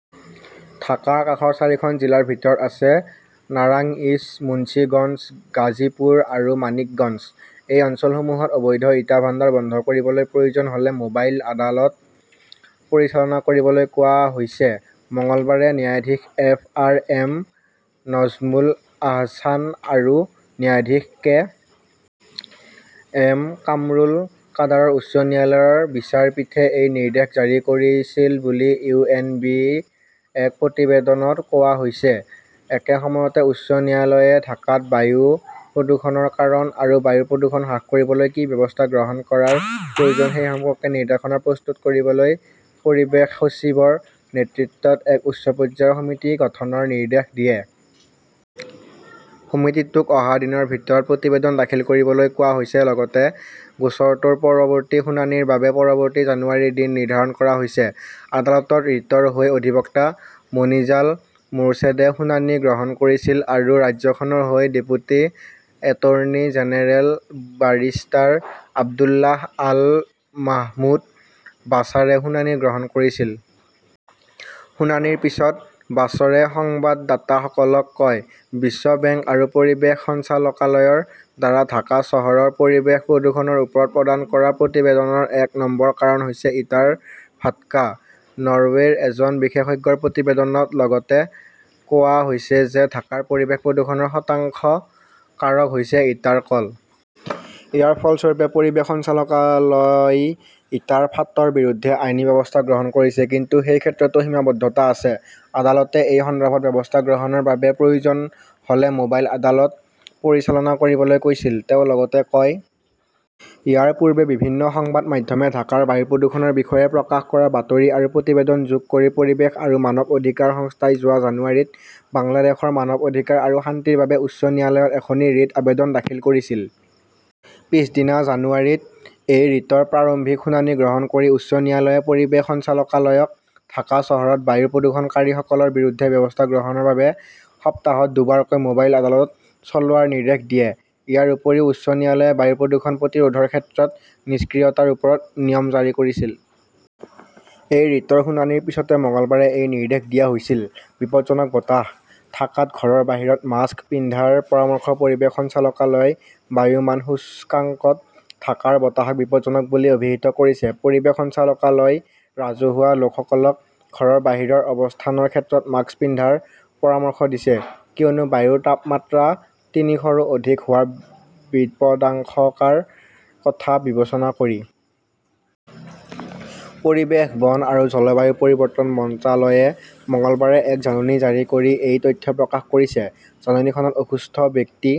ঢাকাৰ কাষৰ চাৰিখন জিলাৰ ভিতৰত আছে নাৰাংইজ, মুন্সীগঞ্জ, গাজীপুৰ আৰু মানিকগঞ্জ। এই অঞ্চলসমূহত অবৈধ ইটা ভাণ্ডাৰ বন্ধ কৰিবলৈ প্ৰয়োজন হ "লে মোবাইল আদালত পৰিচালনা কৰিবলৈ কোৱা হৈছে। মঙলবাৰে ন্যায়াধীশ F. R. M. Nazmul Ahsan আৰু ন্যায়াধীশ কে. এম. কামৰুল কাদাৰৰ উচ্চ ন্যায়ালয়ৰ বিচাৰপীঠে এই নিৰ্দেশ জাৰি কৰিছিল বুলি ইউ. এন. বি. -ৰ এক প্ৰতিবেদনত কোৱা হৈছে। একে সময়তে, উচ্চ ন্যায়ালয়ে ঢাকাত বায়ু প্ৰদূষণৰ কাৰণ আৰু বায়ু প্ৰদূষণ হ্ৰাস কৰিবলৈ কি ব্যৱস্থা গ্ৰহণ কৰাৰ প্ৰয়োজন সেই সম্পৰ্কে নিৰ্দেশনা প্ৰস্তুত কৰিবলৈ পৰিৱেশ সচিবৰ নেতৃত্বত এক উচ্চ পৰ্যায়ৰ সমিতি গঠনৰ নিৰ্দেশ দিয়ে। সমিতিটোক অহা দিনৰ ভিতৰত প্ৰতিবেদন দাখিল কৰিবলৈ কোৱা হৈছে। লগতে গোচৰটোৰ পৰৱৰ্তী শুনানিৰ বাবে পৰৱৰ্তী জানুৱাৰীৰ দিন নিৰ্ধাৰণ কৰা হৈছে। আদালতত ৰিটৰ হৈ অধিবক্তা মনিজাল মোৰ্ছেদে শুনানি গ্ৰহণ কৰিছিল আৰু ৰাজ্যখনৰ হৈ deputy attorney general barrister Abdullah Al Mahmud বাছাৰে শুনানি গ্ৰহণ কৰিছিল। শুনানিৰ পিছত বাশ্বৰে সংবাদদাতাসকলক কয়, "বিশ্ব বেংক আৰু পৰিৱেশ সঞ্চালকালয়ৰ দ্বাৰা ঢাকা চহৰৰ পৰিৱেশ প্ৰদূষণৰ ওপৰত প্ৰদান কৰা প্ৰতিবেদনৰ এক নম্বৰ কাৰণ হৈছে ইটাৰ ভাটকা। নৰৱেৰ এজন বিশেষজ্ঞৰ প্ৰতিবেদনত লগতে কোৱা হৈছে যে ঢাকাৰ পৰিৱেশ প্ৰদূষণৰ শতাংশ কাৰক হৈছে ইটাৰ কল। "ইয়াৰ ফলস্বৰূপে পৰিৱেশ সঞ্চালকালয়ই ইটাৰ ফাঁটৰ বিৰুদ্ধে আইনী ব্যৱস্থা গ্ৰহণ কৰিছে। কিন্তু সেই ক্ষেত্ৰতো সীমাবদ্ধতা আছে। আদালতে এই সন্দৰ্ভত ব্যৱস্থা গ্ৰহণৰ বাবে প্ৰয়োজন হ "লে মোবাইল আদালত পৰিচালনা কৰিবলৈ কৈছিল", তেওঁ লগতে কয়। ইয়াৰ পূৰ্বে, বিভিন্ন সংবাদ মাধ্যমে ঢাকাৰ বায়ু প্ৰদূষণৰ বিষয়ে প্ৰকাশ কৰা বাতৰি আৰু প্ৰতিবেদন যোগ কৰি পৰিৱেশ আৰু মানৱ অধিকাৰ সংস্থাই যোৱা জানুৱাৰীত বাংলাদেশৰ মানৱ অধিকাৰ আৰু শান্তিৰ বাবে উচ্চ ন্যায়ালয়ত এখন ৰিট আবেদন দাখিল কৰিছিল। পিছদিনা জানুৱাৰীত এই ৰিটৰ প্ৰাৰম্ভিক শুনানি গ্ৰহণ কৰি উচ্চ ন্যায়ালয়ে পৰিৱেশ সঞ্চালকালয়ক ঢাকা চহৰত বায়ু প্ৰদূষণকাৰীসকলৰ বিৰুদ্ধে ব্যৱস্থা গ্ৰহণৰ বাবে সপ্তাহত দুবাৰকৈ মোবাইল আদালত চলোৱাৰ নিৰ্দেশ দিয়ে। ইয়াৰ উপৰিও, উচ্চ ন্যায়ালয়ে বায়ু প্ৰদূষণ প্ৰতিৰোধৰ ক্ষেত্ৰত নিষ্ক্ৰিয়তাৰ ওপৰত নিয়ম জাৰি কৰিছিল। এই ৰিটৰ শুনানিৰ পিছতে মঙলবাৰে এই নিৰ্দেশ দিয়া হৈছিল। বিপদজনক বতাহঃ ঢাকাত ঘৰৰ বাহিৰত মাস্ক পিন্ধাৰ পৰামৰ্শ পৰিৱেশ সঞ্চালকালয়ই বায়ু মান সূচকাংকত ঢাকাৰ বতাহক বিপদজনক বুলি অভিহিত কৰিছে। পৰিৱেশ সঞ্চালকালয়ই ৰাজহুৱা লোকসকলক ঘৰৰ বাহিৰৰ অৱস্থানৰ ক্ষেত্ৰত মাস্ক পিন্ধাৰ পৰামৰ্শ দিছে কিয়নো বায়ুৰ তাপমাত্ৰা তিনিশৰো অধিক হোৱাৰ বিপদাশংকাৰ কথা বিবেচনা কৰি। পৰিৱেশ, বন আৰু জলবায়ু পৰিৱৰ্তন মন্ত্ৰালয়ে মঙলবাৰে এক জাননী জাৰি কৰি এই তথ্য প্ৰকাশ কৰিছে। জাননীখনত অসুস্থ ব্যক্তি,